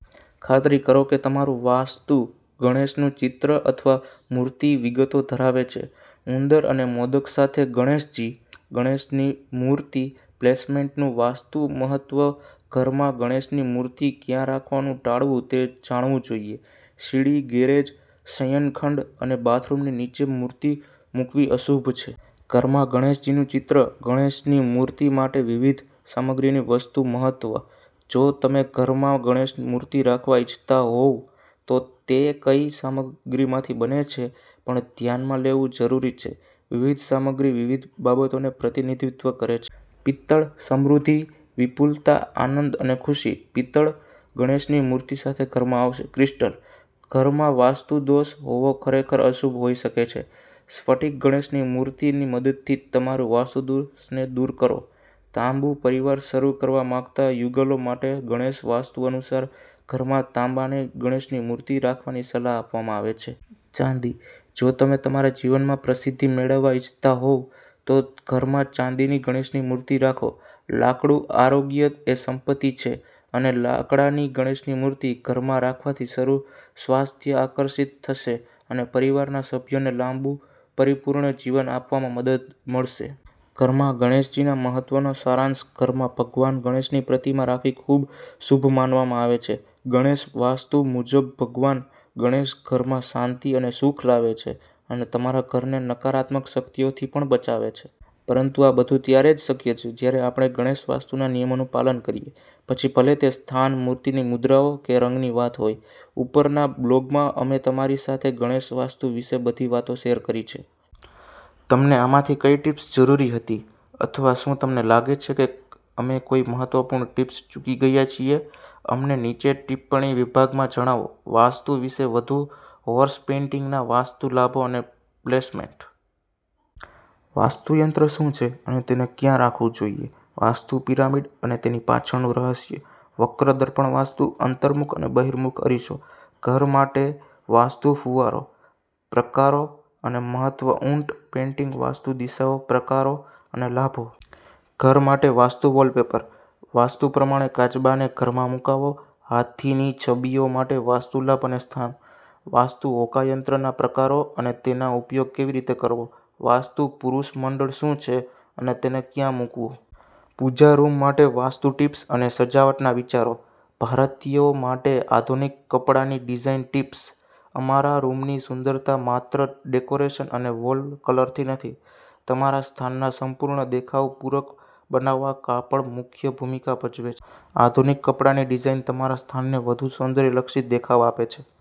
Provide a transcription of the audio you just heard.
ખાતરી કરો કે તમારું વાસ્તુ ગણેશનું ચિત્ર અથવા મૂર્તિ વિગતો ધરાવે છે. ઉંદર અને મોદક સાથે ગણેશજી. ગણેશ મૂર્તિ પ્લેસમેન્ટનું વાસ્તુ મહત્વ. ઘરમાં ગણેશની મૂર્તિ ક્યાં રાખવાનું ટાળવું તે જાણવું જોઈએ. સીડી, ગેરેજ, શયનખંડ અને બાથરૂમની નીચે મૂર્તિ મૂકવી અશુભ છે. ઘરમાં ગણેશજીનું ચિત્ર. ગણેશની મૂર્તિ માટે વિવિધ સામગ્રીનું વાસ્તુ મહત્વ. જો તમે ઘરમાં ગણેશ મૂર્તિ રાખવા ઈચ્છતા હોવ તો તે કઈ સામગ્રીમાંથી બને છે તે પણ ધ્યાનમાં લેવું જરૂરી છે. વિવિધ સામગ્રી વિવિધ બાબતોનું પ્રતિનિધિત્વ કરે છે. પિત્તળ. સમૃદ્ધિ, વિપુલતા, આનંદ અને ખુશી પિત્તળની ગણેશની મૂર્તિ સાથે ઘરમાં આવશે. ક્રિસ્ટલ. ઘરમાં વાસ્તુ દોષ હોવો ખરેખર અશુભ હોઈ શકે છે. સ્ફટિક ગણેશની મૂર્તિની મદદથી તમારા વાસ્તુ દોષને દૂર કરો. તાંબુ. પરિવાર શરૂ કરવા માંગતા યુગલો માટે ગણેશ વાસ્તુ અનુસાર ઘરમાં તાંબાની ગણેશની મૂર્તિ રાખવાની સલાહ આપવામાં આવે છે. ચાંદી. જો તમે તમારા જીવનમાં પ્રસિદ્ધિ મેળવવા ઈચ્છતા હોવ તો ઘરમાં ચાંદીની ગણેશની મૂર્તિ રાખો. લાકડું. આરોગ્ય એ સંપત્તિ છે, અને લાકડાની ગણેશની મૂર્તિ ઘરમાં રાખવાથી સારું સ્વાસ્થ્ય આકર્ષિત થશે અને પરિવારના સભ્યોને લાંબું, પરિપૂર્ણ જીવન આપવામાં મદદ મળશે. ઘરમાં ગણેશજીના મહત્વનો સારાંશ. ઘરમાં ભગવાન ગણેશની પ્રતિમા રાખવી ખૂબ શુભ માનવામાં આવે છે. ગણેશ વાસ્તુ મુજબ, ભગવાન ગણેશ ઘરમાં શાંતિ અને સુખ લાવે છે અને તમારા ઘરને નકારાત્મક શક્તિઓથી પણ બચાવે છે. પરંતુ આ બધું ત્યારે જ શક્ય છે, જ્યારે આપણે ગણેશ વાસ્તુના નિયમોનું પાલન કરીએ, પછી ભલે તે સ્થાન, મૂર્તિની મુદ્રાઓ કે રંગની વાત હોય. ઉપરના બ્લોગમાં, અમે તમારી સાથે ગણેશ વાસ્તુ વિશેની બધી વાતો શેર કરી છે. તમને આમાંથી કઈ ટીપ્સની જરૂર હતી? અથવા શું તમને લાગે છે કે અમે કોઈ મહત્વપૂર્ણ ટીપ્સ ચૂકી ગયા છીએ? અમને નીચે ટિપ્પણી વિભાગમાં જણાવો. વાસ્તુ વિશે વધુ. હોર્સ પેઇન્ટિંગના વાસ્તુ લાભો અને પ્લેસમેન્ટ. વાસ્તુ યંત્ર શું છે અને તેને ક્યાં રાખવું જોઈએ? વાસ્તુ પિરામિડ અને તેની પાછળનું રહસ્ય. વક્ર દર્પણ વાસ્તુ. અંતર્મુખ અને બહિર્મુખ અરીસો. ઘર માટે વાસ્તુ ફુવારો. પ્રકારો અને મહત્વ. ઊંટ પેઇન્ટિંગ વાસ્તુ દિશાઓ, પ્રકારો અને લાભો. ઘર માટે વાસ્તુ વૉલપેપર. વાસ્તુ પ્રમાણે કાચબાને ઘરમાં મૂકવો. હાથીની છબીઓ માટે વાસ્તુ લાભ અને સ્થાન. વાસ્તુ હોકાયંત્રના પ્રકારો અને તેનો ઉપયોગ કેવી રીતે કરવો. વાસ્તુ પુરુષ મંડળ શું છે અને તેને ક્યાં મૂકવું? પૂજા રૂમ માટે વાસ્તુ ટિપ્સ અને સજાવટના વિચારો. ભારતીયો માટે આધુનિક કપડાંની ડિઝાઇન ટિપ્સ. અમારા રૂમની સુંદરતા માત્ર ડેકોરેશન અને વોલ કલર નથી. તમારા સ્થાનના સંપૂર્ણ દેખાવને પૂરક બનાવવામાં કપડાં મુખ્ય ભૂમિકા ભજવે છે. આધુનિક કપડાની ડિઝાઇન તમારા સ્થાનને વધુ સૌંદર્યલક્ષી દેખાવ આપે છે.